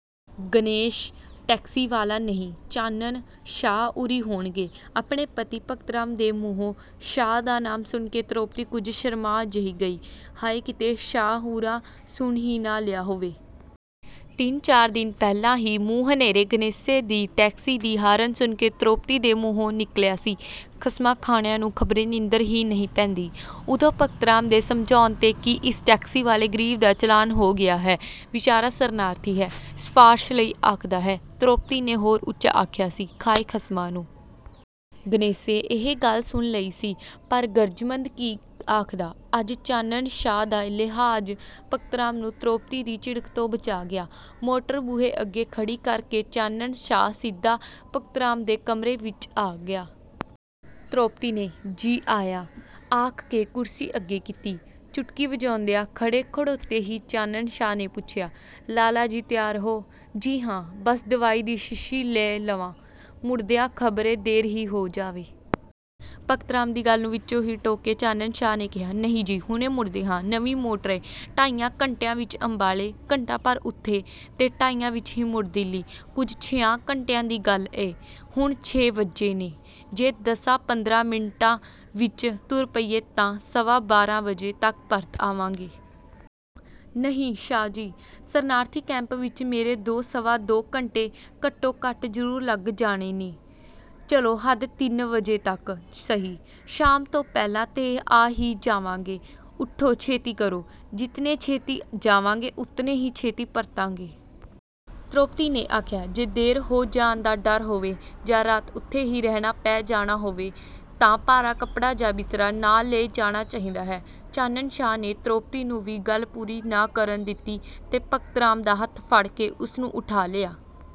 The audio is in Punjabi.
"ਗਣੇਸ਼ ਟੈਕਸੀ ਵਾਲਾ ਨਹੀਂ, ਚਾਨਣ ਸ਼ਾਹ ਉਰੀ ਹੋਣਗੇ।" ਆਪਣੇ ਪਤੀ ਭਗਤ ਰਾਮ ਦੇ ਮੂੰਹੋਂ ਸ਼ਾਹ ਦਾ ਨਾਮ ਸੁਣ ਕੇ ਧਰੋਪਤੀ ਕੁਝ ਸ਼ਰਮਾ ਜਿਹੀ ਗਈ, "ਹਾਏ ਕਿਤੇ ਸ਼ਾਹ ਹੁਰਾਂ ਸੁਣ ਹੀ ਨਾ ਲਿਆ ਹੋਵੇ।" ਤਿੰਨ-ਚਾਰ ਦਿਨ ਪਹਿਲਾਂ ਹੀ ਮੂੰਹ ਹਨੇਰੇ ਗਣੇਸ਼ੇ ਦੀ ਟੈਕਸੀ ਦੀ ਹਾਰਨ ਸੁਣ ਕੇ ਧਰੋਪਤੀ ਦੇ ਮੂੰਹੋਂ ਨਿਕਲਿਆ ਸੀ, "ਖਸਮਾਂ ਖਾਣਿਆਂ ਨੂੰ ਖ਼ਬਰੇ ਨੀਂਦਰ ਹੀ ਨਹੀਂ ਪੈਂਦੀ।" ਉਦੋਂ ਭਗਤ ਰਾਮ ਦੇ ਸਮਝਾਉਣ 'ਤੇ ਕਿ "ਇਸ ਟੈਕਸੀ ਵਾਲੇ ਗਰੀਬ ਦਾ ਚਲਾਨ ਹੋ ਗਿਆ ਹੈ, ਵਿਚਾਰਾ ਸ਼ਰਨਾਰਥੀ ਹੈ, ਸਿਫਾਰਸ਼ ਲਈ ਆਖਦਾ ਹੈ", ਧਰੋਪਤੀ ਨੇ ਹੋਰ ਉਚਾ ਆਖਿਆ ਸੀ, "ਖਾਏ ਖਸਮਾਂ ਨੂੰ।" ਗਣੇਸ਼ੇ ਇਹ ਗੱਲ ਸੁਣ ਲਈ ਸੀ, ਪਰ ਗ਼ਰਜ਼ਮੰਦ ਕੀ ਆਖਦਾ? ਅੱਜ ਚਾਨਣ ਸ਼ਾਹ ਦਾ ਲਿਹਾਜ਼ ਭਗਤ ਰਾਮ ਨੂੰ ਧਰੋਪਤੀ ਦੀ ਝਿੜਕ ਤੋਂ ਬਚਾ ਗਿਆ। ਮੋਟਰ ਬੂਹੇ ਅੱਗੇ ਖੜ੍ਹੀ ਕਰ ਕੇ ਚਾਨਣ ਸ਼ਾਹ ਸਿੱਧਾ ਭਗਤ ਰਾਮ ਦੇ ਕਮਰੇ ਵਿੱਚ ਆ ਗਿਆ। ਧਰੋਪਤੀ ਨੇ 'ਜੀ ਆਇਆਂ' ਆਖ ਕੇ ਕੁਰਸੀ ਅੱਗੇ ਕੀਤੀ। ਚੁਟਕੀ ਵਜਾਉਂਦਿਆਂ ਖੜੇ-ਖੜੋਤੇ ਹੀ ਚਾਨਣ ਸ਼ਾਹ ਨੇ ਪੁੱਛਿਆ, "ਲਾਲਾ ਜੀ ਤਿਆਰ ਹੋ?" ਜੀ ਹਾਂ, ਬਸ ਦਵਾਈ ਦੀ ਸ਼ੀਸ਼ੀ ਲੈ ਲਵਾਂ, ਮੁੜਦਿਆਂ ਖਬਰੇ ਦੇਰ ਹੀ ਹੋ ਜਾਵੇ। ਭਗਤ ਰਾਮ ਦੀ ਗੱਲ ਨੂੰ ਵਿਚੋਂ ਹੀ ਟੋਕ ਕੇ ਚਾਨਣ ਸ਼ਾਹ ਨੇ ਕਿਹਾ, "ਨਹੀਂ ਜੀ, ਹੁਣੇ ਮੁੜਦੇ ਹਾਂ, ਨਵੀਂ ਮੋਟਰ ਏ, ਢਾਈਆਂ ਘੰਟਿਆਂ ਵਿੱਚ ਅੰਬਾਲੇ, ਘੰਟਾ ਭਰ ਉਥੇ ਤੇ ਢਾਈਆਂ ਵਿੱਚ ਹੀ ਮੁੜ ਦਿੱਲੀ, ਕੁਲ ਛਿਆਂ ਘੰਟਿਆਂ ਦੀ ਗੱਲ ਏ, ਹੁਣ ਛੇ ਵਜੇ ਨੇ, ਜੇ ਦਸਾਂ-ਪੰਦਰਾਂ ਮਿੰਟਾਂ ਵਿੱਚ ਤੁਰ ਪਈਏ ਤਾਂ ਸਵਾ ਬਾਰਾਂ ਵਜੇ ਤੱਕ ਪਰਤ ਆਵਾਂਗੇ।" ਨਹੀਂ ਸ਼ਾਹ ਜੀ, ਸ਼ਰਨਾਰਥੀ ਕੈਂਪ ਵਿੱਚ ਮੇਰੇ ਦੋ ਸਵਾ ਦੋ ਘੰਟੇ ਘਟੋ-ਘੱਟ ਜ਼ਰੂਰ ਲੱਗ ਜਾਣੇ ਨੇ। "ਚਲੋ ਹੱਦ ਤਿੰਨ ਵਜੇ ਤੱਕ ਸਹੀ, ਸ਼ਾਮ ਤੋਂ ਪਹਿਲਾਂ 'ਤੇ ਆ ਹੀ ਜਾਵਾਂਗੇ, ਉਠੋ ਛੇਤੀ ਕਰੋ। ਜਿਤਨੇ ਛੇਤੀ ਜਾਵਾਂਗੇ, ਉਤਨੇ ਹੀ ਛੇਤੀ ਪਰਤਾਂਗੇ।" ਧਰੋਪਤੀ ਨੇ ਆਖਿਆ, "ਜੇ ਦੇਰ ਹੋ ਜਾਣ ਦਾ ਡਰ ਹੋਵੇ ਜਾਂ ਰਾਤ ਉਥੇ ਹੀ ਰਹਿਣਾ ਪੈ ਜਾਣਾ ਹੋਵੇ ਤਾਂ ਭਾਰਾ ਕੱਪੜਾ ਜਾਂ ਬਿਸਤਰਾ ਨਾਲ਼ ਲੈ ਜਾਣਾ ਚਾਹੀਦਾ ਹੈ।" ਚਾਨਣ ਸ਼ਾਹ ਨੇ ਧਰੋਪਤੀ ਨੂੰ ਵੀ ਗੱਲ ਪੂਰੀ ਨਾ ਕਰਨ ਦਿੱਤੀ ਤੇ ਭਗਤ ਰਾਮ ਦਾ ਹੱਥ ਫੜ ਕੇ ਉਸ ਨੂੰ ਉੱਠਾ ਲਿਆ।